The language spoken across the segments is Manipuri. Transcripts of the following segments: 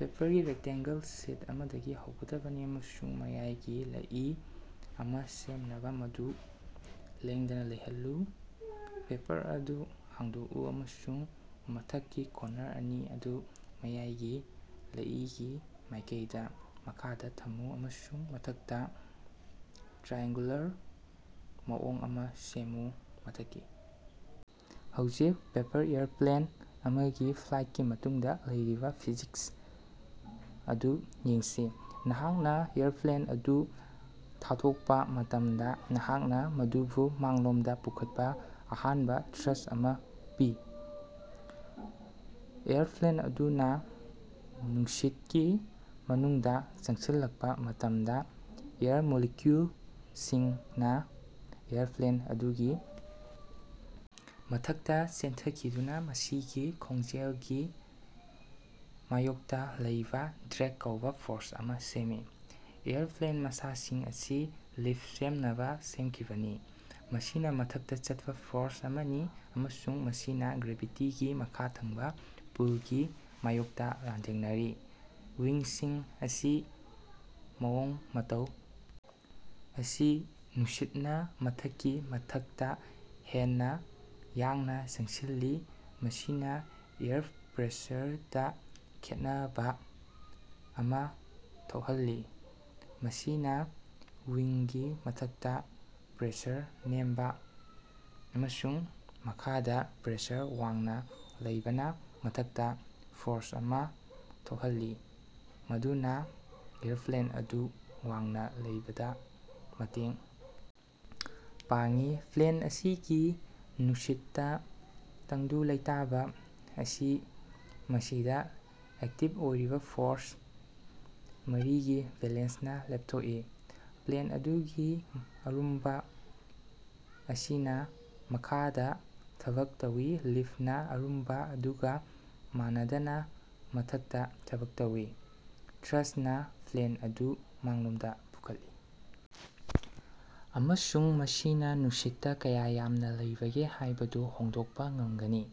ꯄꯦꯄꯔꯒꯤ ꯔꯦꯛꯇꯦꯡꯒꯜ ꯁꯤꯠ ꯑꯃꯗꯒꯤ ꯍꯧꯒꯗꯕꯅꯤ ꯑꯃꯁꯨꯡ ꯃꯌꯥꯏꯒꯤ ꯂꯩꯏ ꯑꯃ ꯁꯦꯝꯅꯕ ꯃꯗꯨ ꯂꯦꯡꯗꯅ ꯂꯩꯍꯜꯂꯨ꯫ ꯄꯦꯄꯔ ꯑꯗꯨ ꯍꯥꯡꯗꯣꯛꯎ ꯑꯃꯁꯨꯡ ꯃꯊꯛꯀꯤ ꯀꫭꯟꯅꯔ ꯑꯅꯤ ꯑꯗꯨ ꯃꯌꯥꯏꯒꯤ ꯂꯩꯏꯒꯤ ꯃꯥꯏꯀꯩꯗ ꯃꯈꯥꯗ ꯊꯝꯃꯨ ꯑꯃꯁꯨꯡ ꯃꯊꯛꯇ ꯇ꯭ꯔꯥꯑꯦꯡꯒꯨꯂꯔ ꯃꯑꯣꯡ ꯑꯃ ꯁꯦꯝꯃꯨ꯫ ꯃꯊꯛꯀꯤ ꯍꯧꯖꯤꯛ, ꯄꯦꯄꯔ ꯑꯦꯌꯔꯄ꯭ꯂꯦꯟ ꯑꯃꯒꯤ ꯐ꯭ꯂꯥꯏꯠꯀꯤ ꯃꯇꯨꯡꯗ ꯂꯩꯔꯤꯕ ꯐꯤꯖꯤꯛꯁ ꯑꯗꯨ ꯌꯦꯡꯁꯤ꯫ ꯅꯍꯥꯛꯅ ꯑꯦꯌꯔꯄ꯭ꯂꯦꯟ ꯑꯗꯨ ꯊꯥꯗꯣꯛꯄ ꯃꯇꯝꯗ, ꯅꯍꯥꯛꯅ ꯃꯗꯨꯕꯨ ꯃꯥꯡꯂꯣꯝꯗ ꯄꯨꯈꯠꯄ ꯑꯍꯥꯟꯕ ꯊ꯭ꯔꯁ ꯑꯃ ꯄꯤ꯫ ꯑꯦꯌꯔꯄ꯭ꯂꯦꯟ ꯑꯗꯨꯅ ꯅꯨꯡꯁꯤꯠꯀꯤ ꯃꯅꯨꯡꯗ ꯆꯪꯁꯤꯜꯂꯛꯄ ꯃꯇꯝꯗ, ꯑꯦꯌꯔ ꯃꯣꯂꯤꯀ꯭ꯌꯨꯜꯁꯤꯡꯅ ꯑꯦꯌꯔꯄ꯭ꯂꯦꯟ ꯑꯗꯨꯒꯤ ꯃꯊꯛꯇ ꯆꯦꯟꯊꯈꯤꯗꯨꯅ ꯃꯁꯤꯒꯤ ꯈꯣꯡꯖꯦꯜꯒꯤ ꯃꯥꯌꯣꯛꯇꯥ ꯂꯩꯕꯥ ꯗ꯭ꯔꯦꯒ ꯀꯧꯕ ꯐꯣꯔꯁ ꯑꯃ ꯁꯦꯝꯃꯤ꯫ ꯑꯦꯌꯔꯄ꯭ꯂꯦꯟꯒꯤ ꯃꯁꯥꯁꯤꯡ ꯑꯁꯤ ꯂꯤꯐ ꯁꯦꯝꯅꯕ ꯁꯦꯝꯈꯤꯕꯅꯤ, ꯃꯁꯤꯅ ꯃꯊꯛꯇ ꯆꯠꯄ ꯐꯣꯔꯁ ꯑꯃꯅꯤ ꯑꯃꯁꯨꯡ ꯃꯁꯤꯅ ꯒ꯭ꯔꯦꯚꯤꯇꯤꯒꯤ ꯃꯈꯥ ꯊꯪꯕ ꯄꯨꯜꯒꯤ ꯃꯥꯌꯣꯛꯇ ꯂꯥꯟꯊꯦꯡꯅꯔꯤ꯫ ꯋꯤꯡꯁꯤꯡ ꯑꯁꯤ ꯃꯑꯣꯡ-ꯃꯇꯧ ꯑꯁꯤ ꯅꯨꯡꯁꯤꯠꯅ ꯃꯊꯛꯀꯤ ꯃꯊꯛꯇ ꯍꯦꯟꯅ ꯌꯥꯡꯅ ꯆꯪꯁꯤꯜꯂꯤ꯫ ꯃꯁꯤꯅ ꯑꯦꯌꯔ ꯞꯔꯦꯁꯔꯗ ꯈꯦꯠꯅꯕ ꯑꯃꯥ ꯊꯣꯛꯍꯜꯂꯤ, ꯃꯁꯤꯅ ꯋꯤꯡꯒꯤ ꯃꯊꯛꯇꯥ ꯄ꯭ꯔꯦꯁꯔ ꯅꯦꯝꯕ ꯑꯃꯁꯨꯡ ꯃꯈꯥꯗꯥ ꯄ꯭ꯔꯦꯁꯔ ꯋꯥꯡꯅ ꯂꯩꯕꯅ ꯃꯊꯛꯇ ꯐꯣꯔꯁ ꯑꯃ ꯊꯣꯛꯍꯜꯂꯤ ꯃꯗꯨꯅ ꯑꯦꯌꯔꯄ꯭ꯂꯦꯟ ꯑꯗꯨ ꯋꯥꯡꯅ ꯂꯩꯕꯗ ꯃꯇꯦꯡ ꯄꯥꯡꯏ꯫ ꯄ꯭ꯂꯦꯟ ꯑꯁꯤꯒꯤ ꯅꯨꯡꯁꯤꯠꯇ ꯇꯪꯗꯨ ꯂꯩꯇꯥꯕ ꯑꯁꯤ ꯃꯁꯤꯗ ꯑꯦꯛꯇꯤꯕ ꯑꯣꯏꯔꯤꯕ ꯐꯣꯔꯁ ꯃꯔꯤꯒꯤ ꯕꯦꯂꯦꯟꯁꯅ ꯂꯦꯞꯊꯣꯛꯏ ꫰꫰ꯄ꯭ꯂꯦꯟ ꯑꯗꯨꯒꯤ ꯑꯔꯨꯝꯕ ꯑꯁꯤꯅ ꯃꯈꯥꯗ ꯊꯕꯛ ꯇꯧꯏ, ꯂꯤꯐꯅ ꯑꯔꯨꯝꯕ ꯑꯗꯨꯒ ꯃꯥꯟꯅꯗꯅ ꯃꯊꯛꯇ ꯊꯕꯛ ꯇꯧꯏ, ꯊ꯭ꯔꯁꯅ ꯄ꯭ꯂꯦꯟ ꯑꯗꯨ ꯃꯥꯡꯂꯣꯝꯗ ꯄꯨꯈꯠꯂꯤ, ꯑꯃꯁꯨꯡ ꯃꯁꯤꯅ ꯅꯨꯡꯁꯤꯠꯇ ꯀꯌꯥ ꯌꯥꯝꯅ ꯂꯩꯕꯒꯦ ꯍꯥꯏꯕꯗꯨ ꯍꯣꯡꯗꯣꯛꯄ ꯉꯝꯒꯅꯤ꯫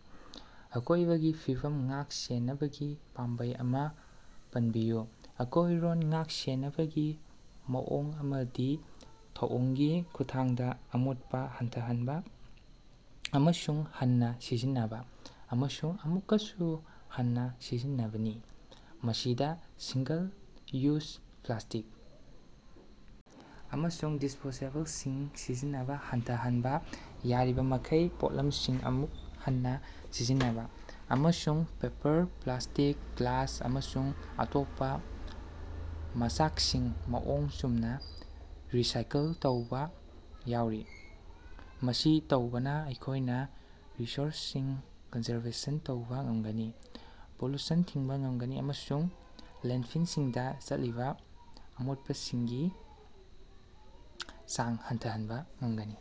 ꯑꯀꯣꯏꯕꯒꯤ ꯐꯤꯕꯝ ꯉꯥꯛ-ꯁꯦꯟꯅꯕꯒꯤ ꯄꯥꯝꯕꯩ ꯑꯃ ꯄꯟꯕꯤꯌꯨ꯫ ꯑꯀꯣꯏꯔꯣꯟ ꯉꯥꯛ-ꯁꯦꯟꯅꯕꯒꯤ ꯃꯑꯣꯡ ꯑꯃꯗꯤ ꯊꯧꯑꯣꯡꯒꯤ ꯈꯨꯠꯊꯥꯡꯗ ꯑꯃꯣꯠꯄ ꯍꯟꯊꯍꯟꯕ, ꯑꯃꯨꯛ ꯍꯟꯅ ꯁꯤꯖꯤꯟꯅꯕ ꯑꯃꯁꯨꯡ ꯑꯃꯨꯛꯀꯁꯨ ꯍꯟꯅ ꯁꯤꯖꯤꯟꯅꯕꯅꯤ꯫ ꯃꯁꯤꯗ ꯁꯤꯡꯒꯜ-ꯌꯨꯖ ꯄ꯭ꯂꯥꯁꯇꯤꯛ ꯑꯃꯁꯨꯡ ꯗꯤꯁꯄꯣꯖꯦꯕꯜꯁꯤꯡ ꯁꯤꯖꯤꯟꯅꯕ ꯍꯟꯊꯍꯟꯕ, ꯌꯥꯔꯤꯕꯃꯈꯩ ꯄꯣꯠꯂꯝꯁꯤꯡ ꯑꯃꯨꯛ ꯍꯟꯅ ꯁꯤꯖꯤꯟꯅꯕ, ꯑꯃꯁꯨꯡ ꯄꯦꯄꯔ, ꯄ꯭ꯂꯥꯁꯇꯤꯛ, ꯒ꯭ꯂꯥꯁ ꯑꯃꯁꯨꯡ ꯑꯇꯣꯞꯄ ꯃꯆꯥꯛꯁꯤꯡ ꯃꯑꯣꯡ ꯆꯨꯝꯅ ꯔꯤꯁꯥꯏꯀꯜ ꯇꯧꯕ ꯌꯥꯎꯔꯤ꯫ ꯃꯁꯤ ꯇꯧꯕꯅ ꯑꯩꯈꯣꯏꯅ ꯔꯤꯁꯣꯔꯁꯁꯤꯡ ꯀꯟꯖꯔꯕꯦꯁꯟ ꯇꯧꯕ ꯉꯝꯒꯅꯤ, ꯄꯣꯂꯨꯁꯟ ꯊꯤꯡꯕ ꯉꯝꯒꯅꯤ ꯑꯃꯁꯨꯡ ꯂꯦꯟꯐꯤꯜꯁꯤꯡꯗ ꯆꯠꯂꯤꯕ ꯑꯃꯣꯠꯄꯁꯤꯡꯒꯤ ꯆꯥꯡ ꯍꯟꯊꯍꯟꯕ ꯉꯝꯒꯅꯤ꯫